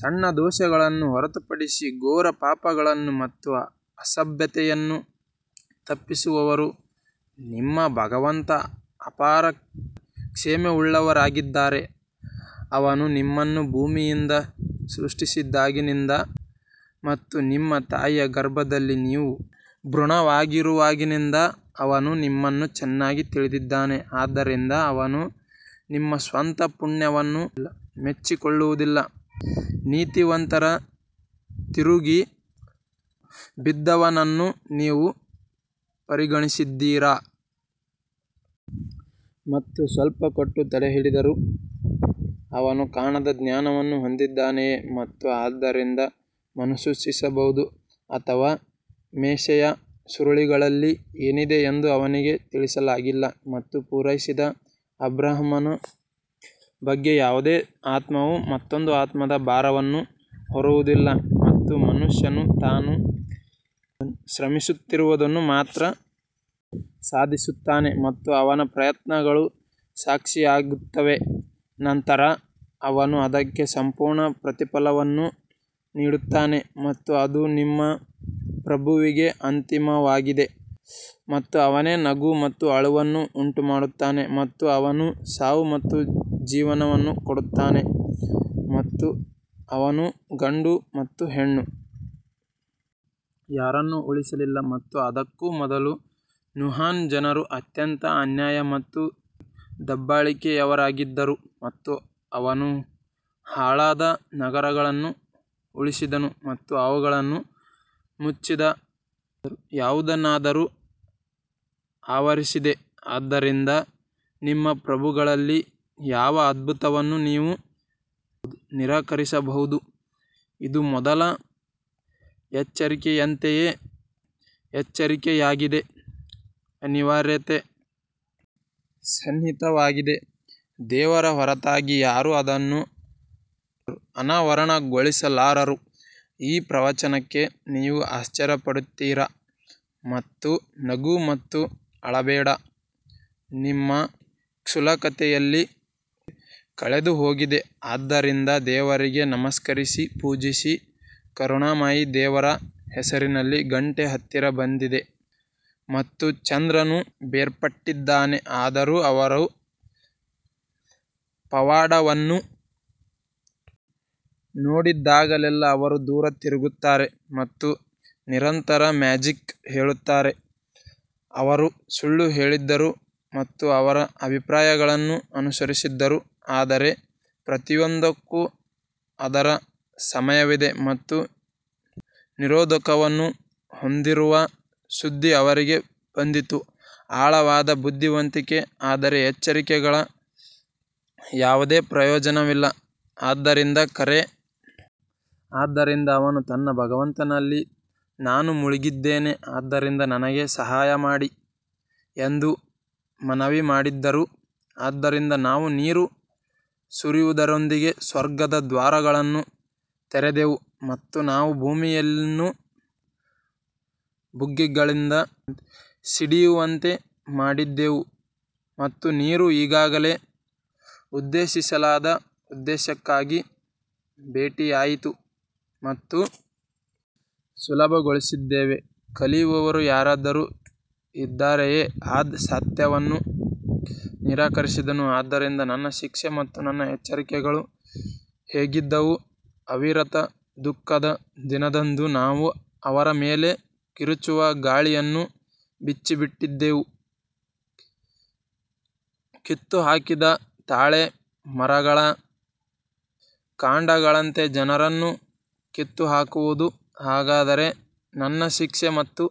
ಸಣ್ಣ ದೋಷಗಳನ್ನು ಹೊರತುಪಡಿಸಿ ಘೋರ ಪಾಪಗಳನ್ನು ಮತ್ತು ಅಸಭ್ಯತೆಯನ್ನು ತಪ್ಪಿಸುವವರು ನಿಮ್ಮ ಭಗವಂತ ಅಪಾರ ಕ್ಷಮೆಯುಳ್ಳವರಾಗಿದ್ದಾರೆ, ಅವನು ನಿಮ್ಮನ್ನು ಭೂಮಿಯಿಂದ ಸೃಷ್ಟಿಸಿದಾಗಿನಿಂದ ಮತ್ತು ನಿಮ್ಮ ತಾಯಿಯ ಗರ್ಭದಲ್ಲಿ ನೀವು ಭ್ರೂಣವಾಗಿರುವಾಗಿನಿಂದ ಅವನು ನಿಮ್ಮನ್ನು ಚೆನ್ನಾಗಿ ತಿಳಿದಿದ್ದಾನೆ ಆದ್ದರಿಂದ ಅವನು ನಿಮ್ಮ ಸ್ವಂತ ಪುಣ್ಯವನ್ನು ಮೆಚ್ಚಿಕೊಳ್ಳುವುದಿಲ್ಲ. ನೀತಿವಂತರ ತಿರುಗಿ ಬಿದ್ದವನನ್ನು ನೀವು ಪರಿಗಣಿಸಿದ್ದೀರಾ? ಮತ್ತು ಸ್ವಲ್ಪ ಕೊಟ್ಟು ತಡೆಹಿಡಿದರು ಅವನು ಕಾಣದ ಜ್ಞಾನವನ್ನು ಹೊಂದಿದ್ದಾನೆಯೇ ಮತ್ತು ಆದ್ದರಿಂದ ಮುನ್ಸೂಚಿಸಬಹುದು ಅಥವಾ ಮೋಶೆಯ ಸುರುಳಿಗಳಲ್ಲಿ ಏನಿದೆ ಎಂದು ಅವನಿಗೆ ತಿಳಿಸಲಾಗಿಲ್ಲ ಮತ್ತು ಪೂರೈಸಿದ ಅಬ್ರಹಾಮನ ಬಗ್ಗೆ ಯಾವುದೇ ಆತ್ಮವು ಮತ್ತೊಂದು ಆತ್ಮದ ಭಾರವನ್ನು ಹೊರುವುದಿಲ್ಲ ಮತ್ತು ಮನುಷ್ಯನು ತಾನು ಶ್ರಮಿಸುತ್ತಿರುವುದನ್ನು ಮಾತ್ರ ಸಾಧಿಸುತ್ತಾನೆ ಮತ್ತು ಅವನ ಪ್ರಯತ್ನಗಳು ಸಾಕ್ಷಿಯಾಗುತ್ತವೆ ನಂತರ ಅವನು ಅದಕ್ಕೆ ಸಂಪೂರ್ಣ ಪ್ರತಿಫಲವನ್ನು ನೀಡುತ್ತಾನೆ ಮತ್ತು ಅದು ನಿಮ್ಮ ಪ್ರಭುವಿಗೆ ಅಂತಿಮವಾಗಿದೆ ಮತ್ತು ಅವನೇ ನಗು ಮತ್ತು ಅಳುವನ್ನು ಉಂಟುಮಾಡುತ್ತಾನೆ ಮತ್ತು ಅವನು ಸಾವು ಮತ್ತು ಜೀವನವನ್ನು ಕೊಡುತ್ತಾನೆ ಮತ್ತು ಅವನು ಗಂಡು ಮತ್ತು ಹೆಣ್ಣು ಯಾರನ್ನೂ ಉಳಿಸಲಿಲ್ಲ ಮತ್ತು ಅದಕ್ಕೂ ಮೊದಲು ನೂಹನ ಜನರು ಅತ್ಯಂತ ಅನ್ಯಾಯ ಮತ್ತು ದಬ್ಬಾಳಿಕೆಯವರಾಗಿದ್ದರು ಮತ್ತು ಅವನು ಹಾಳಾದ ನಗರಗಳನ್ನು ಉರುಳಿಸಿದನು ಮತ್ತು ಅವುಗಳನ್ನು ಮುಚ್ಚಿದ ಯಾವುದನ್ನಾದರೂ ಆವರಿಸಿದೆ ಆದ್ದರಿಂದ ನಿಮ್ಮ ಪ್ರಭುಗಳಲ್ಲಿ ಯಾವ ಅದ್ಭುತವನ್ನು ನೀವು ನಿರಾಕರಿಸಬಹುದು ಇದು ಮೊದಲ ಎಚ್ಚರಿಕೆಯಂತೆಯೇ ಎಚ್ಚರಿಕೆಯಾಗಿದೆ ಅನಿವಾರ್ಯತೆ ಸನ್ನಿಹಿತವಾಗಿದೆ ದೇವರ ಹೊರತಾಗಿ ಯಾರೂ ಅದನ್ನು ಅನಾವರಣಗೊಳಿಸಲಾರರು ಈ ಪ್ರವಚನಕ್ಕೆ ನೀವು ಆಶ್ಚರ್ಯಪಡುತ್ತೀರಾ ಮತ್ತು ನಗು ಮತ್ತು ಅಳಬೇಡ ನಿಮ್ಮ ಕ್ಷುಲ್ಲಕತೆಯಲ್ಲಿ ಕಳೆದುಹೋಗಿದೆ ಆದ್ದರಿಂದ ದೇವರಿಗೆ ನಮಸ್ಕರಿಸಿ ಪೂಜಿಸಿ ಕರುಣಾಮಯಿ ದೇವರ ಹೆಸರಿನಲ್ಲಿ ಗಂಟೆ ಹತ್ತಿರ ಬಂದಿದೆ ಮತ್ತು ಚಂದ್ರನು ಬೇರ್ಪಟ್ಟಿದ್ದಾನೆ ಆದರೂ ಅವರು ಪವಾಡವನ್ನು ನೋಡಿದಾಗಲೆಲ್ಲಾ ಅವರು ದೂರ ತಿರುಗುತ್ತಾರೆ ಮತ್ತು ನಿರಂತರ ಮ್ಯಾಜಿಕ್ ಹೇಳುತ್ತಾರೆ ಅವರು ಸುಳ್ಳು ಹೇಳಿದರು ಮತ್ತು ಅವರ ಅಭಿಪ್ರಾಯಗಳನ್ನು ಅನುಸರಿಸಿದರು ಆದರೆ ಪ್ರತಿಯೊಂದಕ್ಕೂ ಅದರ ಸಮಯವಿದೆ ಮತ್ತು ನಿರೋಧಕವನ್ನು ಹೊಂದಿರುವ ಸುದ್ದಿ ಅವರಿಗೆ ಬಂದಿತು ಆಳವಾದ ಬುದ್ಧಿವಂತಿಕೆ ಆದರೆ ಎಚ್ಚರಿಕೆಗಳು ಯಾವುದೇ ಪ್ರಯೋಜನವಿಲ್ಲ ಆದ್ದರಿಂದ ಕರೆ ಆದ್ದರಿಂದ ಅವನು ತನ್ನ ಭಗವಂತನಲ್ಲಿ ನಾನು ಮುಳುಗಿದ್ದೇನೆ ಆದ್ದರಿಂದ ನನಗೆ ಸಹಾಯ ಮಾಡಿ ಎಂದು ಮನವಿ ಮಾಡಿದರು ಆದ್ದರಿಂದ ನಾವು ನೀರು ಸುರಿಯುವುದರೊಂದಿಗೆ ಸ್ವರ್ಗದ ದ್ವಾರಗಳನ್ನು ತೆರೆದೆವು ಮತ್ತು ನಾವು ಭೂಮಿಯನ್ನು ಬುಗ್ಗೆಗಳಿಂದ ಸಿಡಿಯುವಂತೆ ಮಾಡಿದೆವು ಮತ್ತು ನೀರು ಈಗಾಗಲೇ ಉದ್ದೇಶಿಸಲಾದ ಉದ್ದೇಶಕ್ಕಾಗಿ ಭೇಟಿಯಾಯಿತು ಮತ್ತು ಸುಲಭಗೊಳಿಸಿದ್ದೇವೆ ಕಲಿಯುವವರು ಯಾರಾದರೂ ಇದ್ದಾರೆಯೇ ಆದ್ ಸತ್ಯವನ್ನು ನಿರಾಕರಿಸಿದನು ಆದ್ದರಿಂದ ನನ್ನ ಶಿಕ್ಷೆ ಮತ್ತು ನನ್ನ ಎಚ್ಚರಿಕೆಗಳು ಹೇಗಿದ್ದವು ಅವಿರತ ದುಃಖದ ದಿನದಂದು ನಾವು ಅವರ ಮೇಲೆ ಕಿರುಚುವ ಗಾಳಿಯನ್ನು ಬಿಚ್ಚಿಟ್ಟಿದ್ದೇವೆ ಕಿತ್ತುಹಾಕಿದ ತಾಳೆ ಮರಗಳ ಕಾಂಡಗಳಂತೆ ಜನರನ್ನು ಕಿತ್ತುಹಾಕುವುದು ಹಾಗಾದರೆ ನನ್ನ ಶಿಕ್ಷೆ ಮತ್ತು